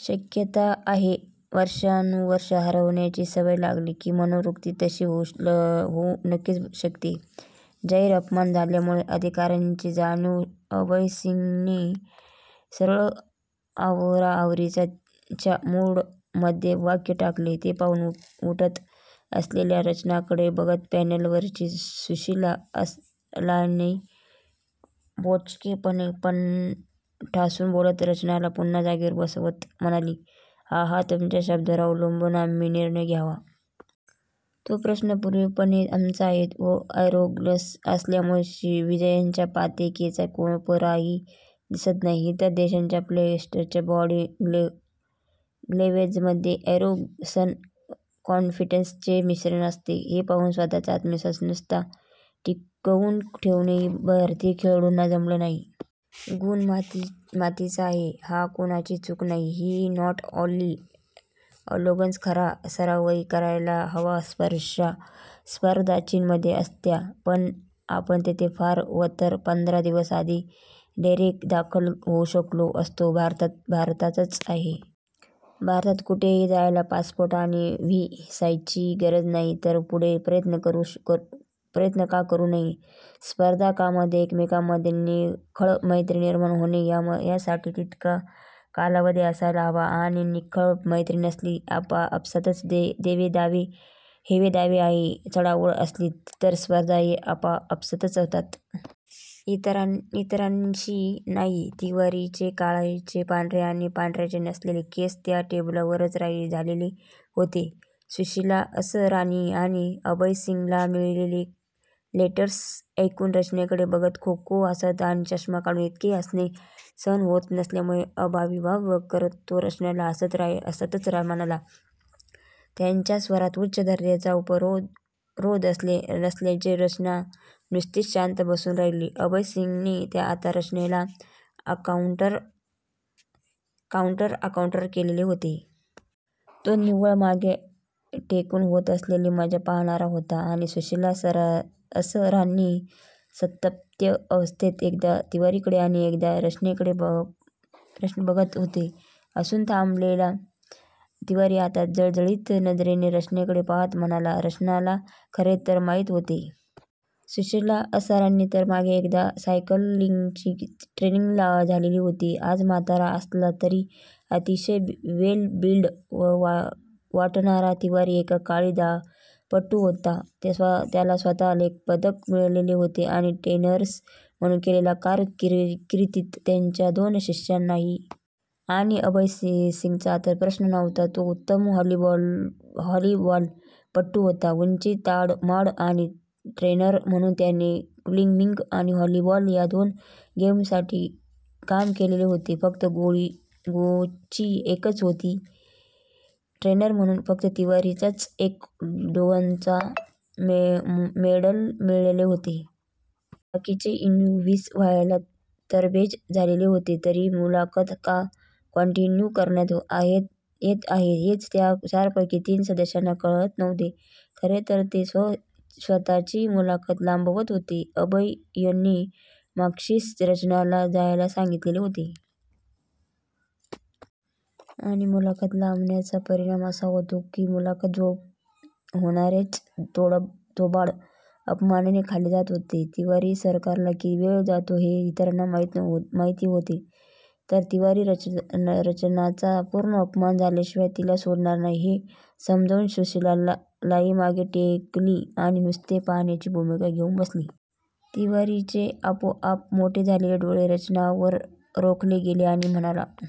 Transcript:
शक्यता आहे, वर्षानुवर्षे हारण्याची सवय लागली की मनोवृत्ती तशी होऊ नक्कीच शकते. " जाहीर अपमान झाल्यामुळे अधिकारांची जाणीव होऊन अभय सिंगने सरळ आवराआवरीच्याच मूडमध्ये वाक्य टाकले. ते पाहून उठत असलेल्या रचनाकडे बघत पॅनेलवरची सुशिला असरानी भोचकपणे पण ठासून बोलत रचनाला पुन्हा जागेवर बसवत म्हणाली, "हं-हं तुझ्या शब्दावर अवलंबून आम्ही निर्णय घ्यावा? " "तो प्रश्न पूर्णपणे तुमचा आहे. पण ॲरोगन्स असल्याशिवाय विजयाच्या पताकेचा कोपराही दिसत नाही. इतर देशांच्या प्लेयर्सच्या बॉडी लॅन्ग्वेजमध्ये ॲरोगन्स आणि कॉन्फिडन्सचे मिश्रण असते. जे पाहून स्वतःचा आत्मविश्वास नुसता टिकवून ठेवणेही भारतीय खेळाडूंना जमत नाही. गुण मातीचा आहे हा, कोणाची चूक नाही ही. "नॉट, ओन्ली ॲरोगन्स खरा सरावही करायला हवा स्पर्धा चीनमध्ये असत्या तर आपण तेथे फार तर पंधरा दिवस आधी डेरेदाखल होऊ शकलो असतो. भारतातच आहेत. भारतात कुठेही जायला पासपोर्ट आणि व्हिसाची गरजच नाही, तर पूर्ण प्रयत्न का करू नयेत? स्पर्धकांमध्ये एकमेकांमध्ये निखळ मैत्री निर्माण होणे याहीसाठी तितका कालावधी असायला हवा, आणि निखळ मैत्री नसली. आपापसातच हेवेदावे आणि चढाओढ असली तरस्पर्धाही आपापसातच होतात. इतरांशी नाही." तिवारीचे काळ्याचे पांढरे आणि पांढर्याचे 'नसलेले' केस त्या टेबलवरच झालेले होते .सुशिला असरानी आणि अभय सिंगला मिळालेली लेक्चर्स ऐकून रचनाकडे बघत खोखो हासत आणि चष्मा काढून 'इतके हासणे' सहन होत नसल्यासारखे आविर्भाव करत तो रचनाला हासत हासतच म्हणाला, त्याच्या स्वरात उच्च दर्जाचा उपरोध असल्याने रचना नुसतीच शांत बसून राहिली, अभय सिंगने आता रचनाला काउन्ट आऊट केलेले होते. तो निव्वळ मागे टेकून होत असलेली मजा पाहणार होता... आणि सुशिला असरानी संतप्त अवस्थेत एकदा तिवारीकडे आणि एकदा रचनाकडे बघत होती. हसून थांबलेला तिवारी आता जळजळीत नजरेने रचनाकडे पाहात म्हणाला. रचनाला खरे तर माहीत होते. सुशिला असरानी तर मागे एकदा सायकलिंगचीच ट्रेनर झालेली होती. आज म्हातारा असला तरी अतिशय वेल बिल्ट वाटणारा तिवारी एकेकाळी धावपटू होता. त्याला स्वतःला एक पदक मिळालेले होते आणि ट्रेनर म्हणून केलेल्या कारकीर्दीत त्याच्या दोन शिष्यांनाही. आणि अभय सिंगचा तर प्रश्नच नव्हता. तो उत्तम व्हॉलीबॉलपटू होता. उंची ताडमाड, आणि ट्रेनर म्हणून त्याने स्विमिंग आणि व्हॉलीबॉल या दोन गेम्ससाठी काम केलेले होते... फक्त गोची एकच होती. ट्रेनर म्हणून फक्त तिवारीच्याच एक दोघांना मेडल मिळालेले होते. बाकीचे इन्टरव्ह्यू घ्यायला तरबेज झालेले होते. ही मुलाखत का कन्टिन्यू करण्यात येत आहे हेच त्या चारपैकी तीन सदस्यांना कळत नव्हते, खरे तर ते स्वतःच ही मुलाखत लांबवत होते. अभयने मगाशीच रचनाला जायला सांगितलेले होते. आणि मुलाखत लांबण्याचा परिणाम असा होत होता की मुलाखत घेणार्यांचीच थोबाडं अपमानाने खाली जात होती. तिवारी सरकला की वेळ जातो हे इतरांना माहीत होते. आता तिवारी रचनाचा पूर्ण अपमान झाल्याशिवाय तिला सोडणार नाही हे समजून सुशिलाही मागे टेकली आणि नुसते पाहण्याची भूमिका घेऊन बसली... तिवारीचे आपोआप मोठे झालेले डोळे रचनावर रोखले गेले आणि म्हणाला.